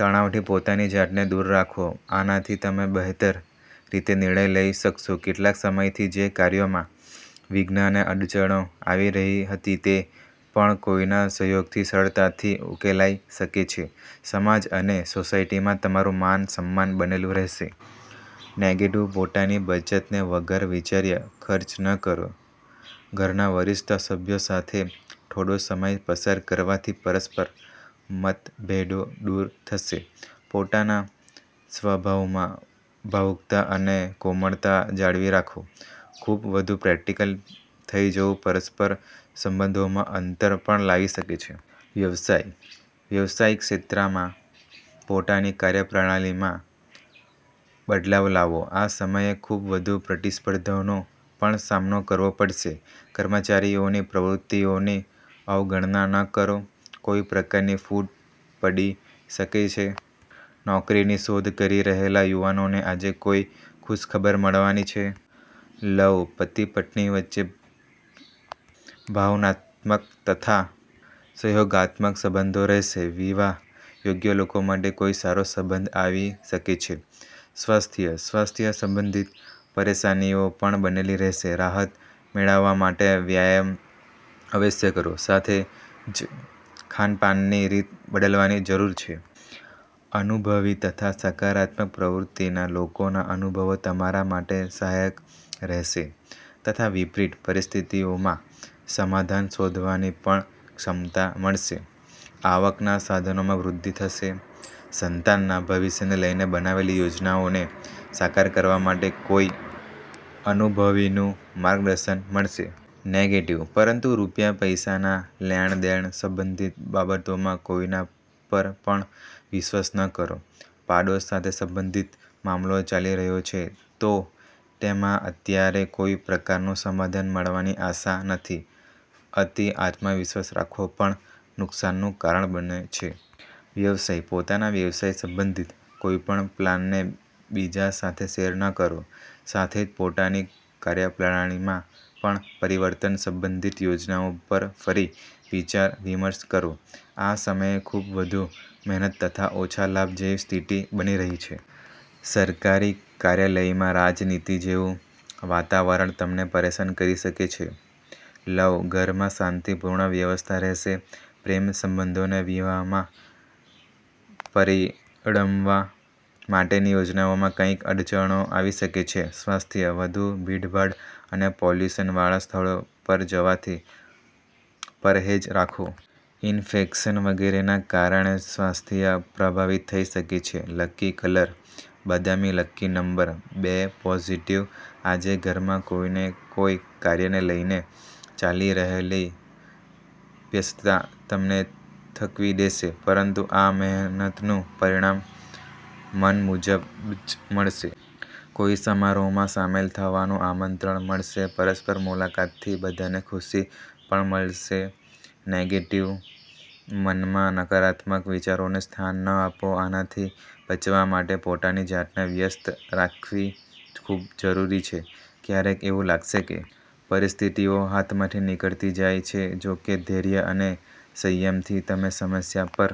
તણાવથી પોતાની જાતને દૂર રાખો, આનાથી તમે બહેતર રીતે નિર્ણય લઈ શકશો. કેટલાક સમયથી જે કાર્યોમાં વિઘ્ન અને અડચણો આવી રહી હતી, તે પણ કોઈના સહયોગથી સરળતાથી ઉકેલાઈ શકે છે. સમાજ અને સોસાયટીમાં તમારું માન-સન્માન બનેલું રહેશે. નેગેટિવ:- પોતાની બચતને વગર વિચાર્યે ખર્ચ ન કરો. ઘરના વરિષ્ઠ સભ્યો સાથે થોડો સમય પસાર કરવાથી પરસ્પર મતભેદો દૂર થશે. પોતાના સ્વભાવમાં ભાવુકતા અને કોમળતા જાળવી રાખો. ખૂબ વધુ પ્રેક્ટિકલ થઈ જવું પરસ્પર સંબંધોમાં અંતર પણ લાવી શકે છે. વ્યવસાય:- વ્યાવસાયિક ક્ષેત્રમાં પોતાની કાર્યપ્રણાલીમાં બદલાવ લાવો. આ સમયે ખૂબ વધુ પ્રતિસ્પર્ધાનો પણ સામનો કરવો પડશે. કર્મચારીઓની પ્રવૃત્તિઓની અવગણના ન કરો, કોઈ પ્રકારની ફૂટ પડી શકે છે. નોકરીની શોધ કરી રહેલા યુવાનોને આજે કોઈ ખુશખબર મળવાની છે. લવ:- પતિ-પત્ની વચ્ચે ભાવનાત્મક તથા સહયોગાત્મક સંબંધો રહેશે. વિવાહ યોગ્ય લોકો માટે કોઈ સારો સંબંધ આવી શકે છે. સ્વાસ્થ્ય:- સ્વાસ્થ્ય સંબંધિત પરેશાનીઓ પણ બનેલી રહેશે. રાહત મેળવવા માટે વ્યાયામ અવશ્ય કરો, સાથે જ ખાનપાનની રીત બદલવાની જરૂર છે. અનુભવી તથા સકારાત્મક પ્રવૃત્તિના લોકોના અનુભવો તમારા માટે સહાયક રહેશે તથા વિપરીત પરિસ્થિતિઓમાં સમાધાન શોધવાની પણ ક્ષમતા મળશે. આવકના સાધનોમાં વૃદ્ધિ થશે. સંતાનના ભવિષ્યને લઈને બનાવેલી યોજનાઓને સાકાર કરવા માટે કોઈ અનુભવીનું માર્ગદર્શન મળશે. નેગેટિવ:- પરંતુ રૂપિયા-પૈસાના લેણ-દેણ સંબંધિત બાબતોમાં કોઈના પર પણ વિશ્વાસ ન કરો. પાડોશ સાથે સંબંધિત મામલો ચાલી રહ્યો છે, તો તેમાં અત્યારે કોઈ પ્રકારનું સમાધાન મળવાની આશા નથી. અતિ આત્મવિશ્વાસ રાખવો પણ નુકસાનનું કારણ બને છે. વ્યવસાય:- પોતાના વ્યવસાય સંબંધિત કોઈ પણ પ્લાનને બીજા સાથે શેર ન કરો. સાથે જ પોતાની કાર્યપ્રણાલીમાં પણ પરિવર્તન સંબંધિત યોજનાઓ પર ફરી વિચાર-વિમર્શ કરો. આ સમયે ખૂબ વધુ મહેનત તથા ઓછા લાભ જેવી સ્થિતિ બની રહી છે. સરકારી કાર્યાલયમાં રાજનીતિ જેવું વાતાવરણ તમને પરેશાન કરી શકે છે. લવ:- ઘરમાં શાંતિપૂર્ણ વ્યવસ્થા રહેશે. પ્રેમ સંબંધોને વિવાહમાં પરિણમવા માટેની યોજનાઓમાં કંઈક અડચણો આવી શકે છે. સ્વાસ્થ્ય:- વધુ ભીડભાડ અને પોલ્યુશનવાળા સ્થળો પર જવાથી પરહેજ રાખો. ઈન્ફેક્શન વગેરેના કારણે સ્વાસ્થ્ય પ્રભાવિત થઈ શકે છે. લકી કલર- બદામી, લકી નંબર- બે. પોઝિટિવ:- આજે ઘરમાં કોઈ ને કોઈ કાર્યને લઈને ચાલી રહેલી વ્યસ્તતા તમને થકવી દેશે, પરંતુ આ મહેનતનું પરિણામ મન મુજબ જ મળશે. કોઈ સમારોહમાં સામેલ થવાનું આમંત્રણ મળશે, પરસ્પર મુલાકાતથી બધાને ખુશી પણ મળશે. નેગેટિવ:- મનમાં નકારાત્મક વિચારોને સ્થાન ન આપો. આનાથી બચવા માટે પોતાની જાતને વ્યસ્ત રાખવી ખૂબ જરૂરી છે. ક્યારેક એવું લાગશે કે પરિસ્થિતિઓ હાથમાંથી નીકળતી જાય છે, જોકે ધૈર્ય અને સંયમથી તમે સમસ્યા પર